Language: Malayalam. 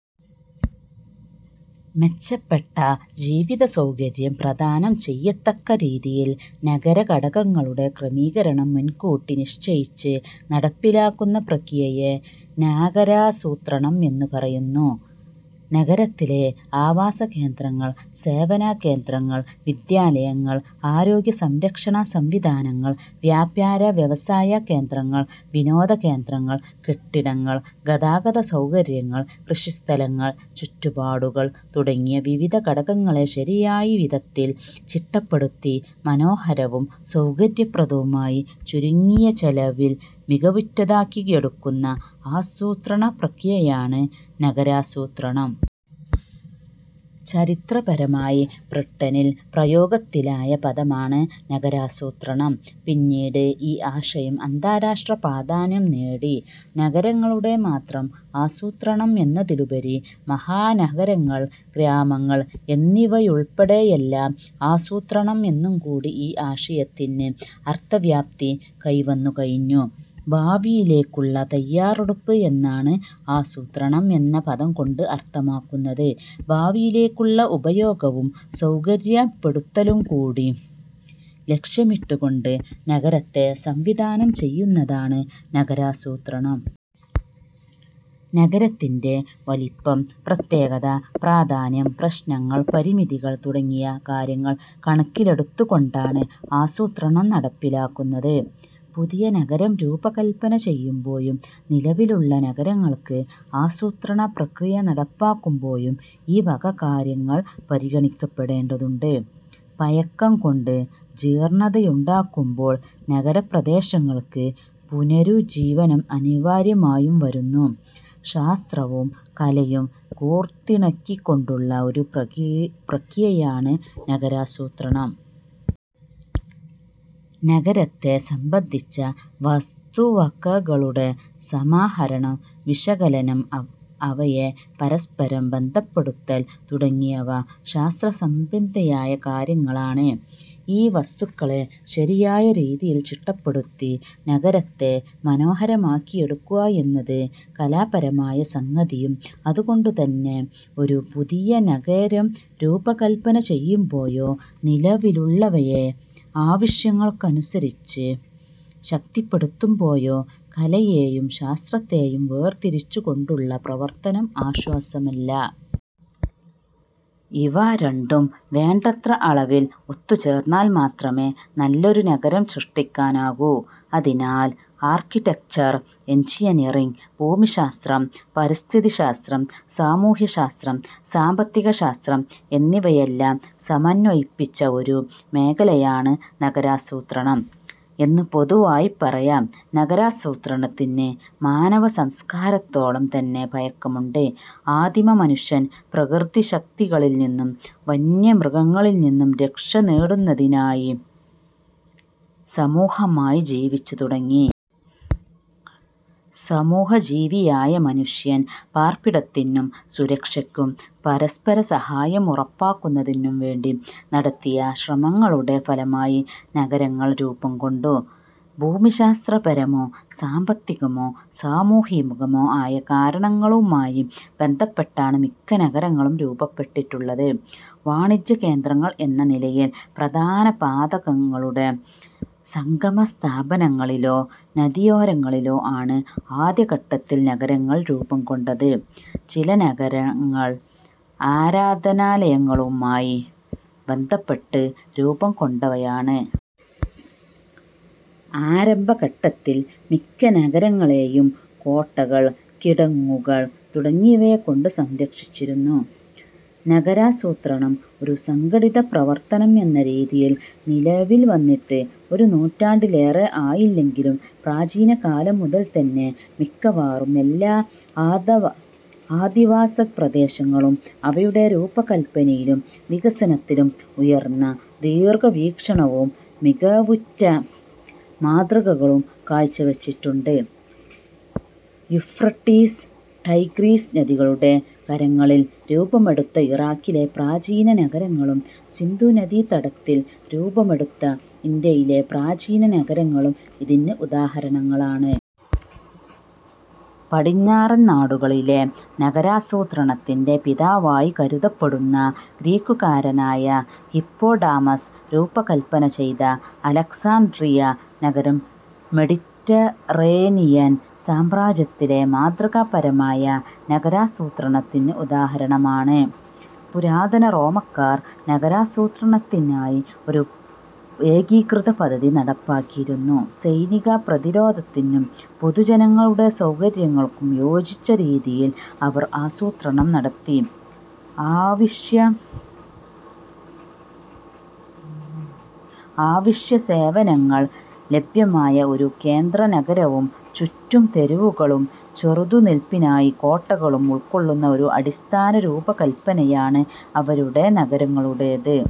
മെച്ചപ്പെട്ട ജീവിതസൗകര്യം പ്രദാനം ചെയ്യത്തക്ക രീതിയിൽ നഗരഘടകങ്ങളുടെ ക്രമീകരണം മുൻകൂട്ടി നിശ്ചയിച്ച് നടപ്പിലാക്കുന്ന പ്രക്രിയയെ നഗരാസൂത്രണം എന്നു പറയുന്നു. നഗരത്തിലെ ആവാസകേന്ദ്രങ്ങൾ, സേവനകേന്ദ്രങ്ങൾ, വിദ്യാലയങ്ങൾ, ആരോഗ്യസംരക്ഷണ സംവിധാനങ്ങൾ, വ്യാപാര-വ്യവസായ കേന്ദ്രങ്ങൾ, വിനോദകേന്ദ്രങ്ങൾ, കെട്ടിടങ്ങൾ, ഗതാഗതസൗകര്യങ്ങൾ, കൃഷിസ്ഥലങ്ങൾ, ചുറ്റുപാടുകൾ തുടങ്ങിയ വിവിധ ഘടകങ്ങളെ ശരിയായ വിധത്തിൽ ചിട്ടപ്പെടുത്തി, മനോഹരവും സൗകര്യപ്രദവുമായി, ചുരുങ്ങിയ ചെലവിൽ മികവുറ്റതാക്കിയെടുക്കുന്ന ആസൂത്രണ പ്രക്രിയയാണ് നഗരാസൂത്രണം. ചരിത്രപരമായി ബ്രിട്ടനിൽ പ്രയോഗത്തിലായ പദമാണ് നഗരാസൂത്രണം. പിന്നീട് ഈ ആശയം അന്താരാഷ്ട്ര പ്രാധാന്യം നേടി. നഗരങ്ങളുടെ മാത്രം ആസൂത്രണം എന്നതിനുപരി മഹാനഗരങ്ങൾ, ഗ്രാമങ്ങൾ എന്നിവയുടെയെല്ലാം ആസൂത്രണം എന്നുകൂടി ഈ ആശയത്തിന് അർഥവ്യാപ്തി കൈവന്നുകഴിഞ്ഞു. ഭാവിയിലേക്കുള്ള തയ്യാറെടുപ്പ് എന്നാണ് ആസൂത്രണം എന്ന പദംകൊണ്ട് അർഥമാക്കുന്നത്. ഭാവിയിലേക്കുള്ള ഉപയോഗവും സൗകര്യപ്പെടുത്തലുംകൂടി ലക്ഷ്യമിട്ടുകൊണ്ട് നഗരത്തെ സംവിധാനം ചെയ്യുന്നതാണ് നഗരാസൂത്രണം. നഗരത്തിന്റെ വലിപ്പം, പ്രത്യേകത, പ്രാധാന്യം, പ്രശ്നങ്ങൾ, പരിമിതികൾ തുടങ്ങിയ കാര്യങ്ങൾ കണക്കിലെടുത്തുകൊണ്ടാണ് ആസൂത്രണം നടപ്പിലാക്കുന്നത്. പുതിയ നഗരം രൂപകല്പന ചെയ്യുമ്പോഴും നിലവിലുള്ള നഗരങ്ങൾക്ക് ആസൂത്രണപ്രക്രിയ നടപ്പാക്കുമ്പോഴും ഈവക കാര്യങ്ങൾ പരിഗണിക്കപ്പെടേണ്ടതുണ്ട്. പഴക്കംകൊണ്ട് ജീർണതയുണ്ടാകുമ്പോൾ നഗരപ്രദേശങ്ങൾക്ക് പുനരുജ്ജീവനം അനിവാര്യമായും വരുന്നു. ശാസ്ത്രവും കലയും കോർത്തിണക്കിക്കൊണ്ടുള്ള ഒരു പ്രക്രിയയാണ് നഗരാസൂത്രണം. നഗരത്തെ സംബന്ധിച്ച വസ്തുവകകളുടെ സമാഹരണം, വിശകലനം, അവയെ പരസ്പരം ബന്ധപ്പെടുത്തൽ തുടങ്ങിയവ ശാസ്ത്രസംബന്ധിയായ കാര്യങ്ങളാണ്. ഈ വസ്തുതകളെ ശരിയായ രീതിയിൽ ചിട്ടപ്പെടുത്തി നഗരത്തെ മനോഹരമാക്കിയെടുക്കുക എന്നത് കലാപരമായ സംഗതിയും. അതുകൊണ്ടുതന്നെ ഒരു പുതിയ നഗരം രൂപകല്പന ചെയ്യുമ്പോഴോ നിലവിലുള്ളവയെ ആവശ്യങ്ങൾക്കനുസരിച്ച് ശക്തിപ്പെടുത്തുമ്പോഴോ കലയെയും ശാസ്ത്രത്തെയും വേർതിരിച്ചുകൊണ്ടുള്ള പ്രവർത്തനം ആശാസ്യമല്ല. ഇവ രണ്ടും വേണ്ടത്ര അളവിൽ ഒത്തുചേർന്നാൽ മാത്രമേ നല്ലൊരു നഗരം സൃഷ്ടിക്കാനാകൂ. അതിനാൽ ആർക്കിടെക്ചർ, എൻജിനീയറിങ്, ഭൂമിശാസ്ത്രം, പരിസ്ഥിതിശാസ്ത്രം, സാമൂഹ്യശാസ്ത്രം, സാമ്പത്തികശാസ്ത്രം എന്നിവയെല്ലാം സമന്വയിച്ച ഒരു മേഖലയാണ് നഗരാസൂത്രണം എന്ന് പൊതുവായി പറയാം. നഗരാസൂത്രണത്തിന് മാനവസംസ്കാരത്തോളംതന്നെ പഴക്കമുണ്ട്. ആദിമമനുഷ്യൻ പ്രകൃതിശക്തികളിൽനിന്നും വന്യമൃഗങ്ങളിൽനിന്നും രക്ഷനേടുന്നതിനായി സമൂഹമായി ജീവിച്ചുതുടങ്ങി. സമൂഹജീവിയായ മനുഷ്യൻ പാർപ്പിടത്തിനും സുരക്ഷയ്ക്കും പരസ്പരസഹായം ഉറപ്പാക്കുന്നതിനും വേണ്ടി നടത്തിയ ശ്രമങ്ങളുടെ ഫലമായി നഗരങ്ങൾ രൂപംകൊണ്ടു. ഭൂമിശാസ്ത്രപരമോ സാമ്പത്തികമോ സാമൂഹികമോ ആയ കാരണങ്ങളുമായി ബന്ധപ്പെട്ടാണ് മിക്ക നഗരങ്ങളും രൂപപ്പെട്ടിട്ടുള്ളത്. വാണിജ്യകേന്ദ്രങ്ങൾ എന്ന നിലയിൽ പ്രധാന പാതകളുടെ സംഗമസ്ഥാനങ്ങളിലോ നദിയോരങ്ങളിലോ ആണ് ആദ്യഘട്ടത്തിൽ നഗരങ്ങൾ രൂപംകൊണ്ടത്. ചില നഗരങ്ങൾ ആരാധനാലയങ്ങളുമായി ബന്ധപ്പെട്ട് രൂപംകൊണ്ടവയാണ്. ആരംഭഘട്ടത്തിൽ മിക്ക നഗരങ്ങളെയും കോട്ടകൾ, കിടങ്ങുകൾ തുടങ്ങിയവകൊണ്ട് സംരക്ഷിച്ചിരുന്നു. നഗരാസൂത്രണം ഒരു സംഘടിത പ്രവർത്തനം എന്ന രീതിയിൽ നിലവിൽവന്നിട്ട് ഒരു നൂറ്റാണ്ടിലേറെ ആയില്ലെങ്കിലും പ്രാചീനകാലം മുതൽതന്നെ മിക്കവാറും എല്ലാ അധിവാസപ്രദേശങ്ങളും അവയുടെ രൂപകല്പനയിലും വികസനത്തിലും ഉയർന്ന ദീർഘവീക്ഷണവും മികവുറ്റ മാതൃകകളും കാഴ്ചവച്ചിട്ടുണ്ട്. യൂഫ്രട്ടീസ്, ടൈഗ്രിസ് നദികളുടെ കരകളിൽ രൂപമെടുത്ത ഇറാഖിലെ പ്രാചീന നഗരങ്ങളും സിന്ധുനദീതടത്തിൽ രൂപമെടുത്ത ഇന്ത്യയിലെ പ്രാചീന നഗരങ്ങളും ഇതിന് ഉദാഹരണങ്ങളാണ്. പടിഞ്ഞാറൻ നാടുകളിലെ നഗരാസൂത്രണത്തിന്റെ പിതാവായി കരുതപ്പെടുന്ന ഗ്രീക്കുകാരനായ ഹിപ്പോഡാമസ് രൂപകല്പനചെയ്ത അലക്സാൻഡ്രിയ നഗരം മെഡിറ്ററേനിയൻ സാമ്രാജ്യത്തിലെ മാതൃകാപരമായ നഗരാസൂത്രണത്തിന് ഉദാഹരണമാണ്. പുരാതന റോമാക്കാർ നഗരാസൂത്രണത്തിനായി ഒരു ഏകീകൃത പദ്ധതി നടപ്പാക്കിയിരുന്നു. സൈനികപ്രതിരോധത്തിനും പൊതുജനങ്ങളുടെ സൗകര്യങ്ങൾക്കും യോജിച്ച രീതിയിൽ അവർ ആസൂത്രണം നടത്തി. അവശ്യസേവനങ്ങൾ ലഭ്യമായ ഒരു കേന്ദ്രനഗരവും ചുറ്റും തെരുവുകളും ചെറുത്തുനില്പിനായി കോട്ടകളും ഉൾക്കൊള്ളുന്ന ഒരു അടിസ്ഥാന രൂപകല്പനയാണ് അവരുടെ നഗരങ്ങളുടേത്.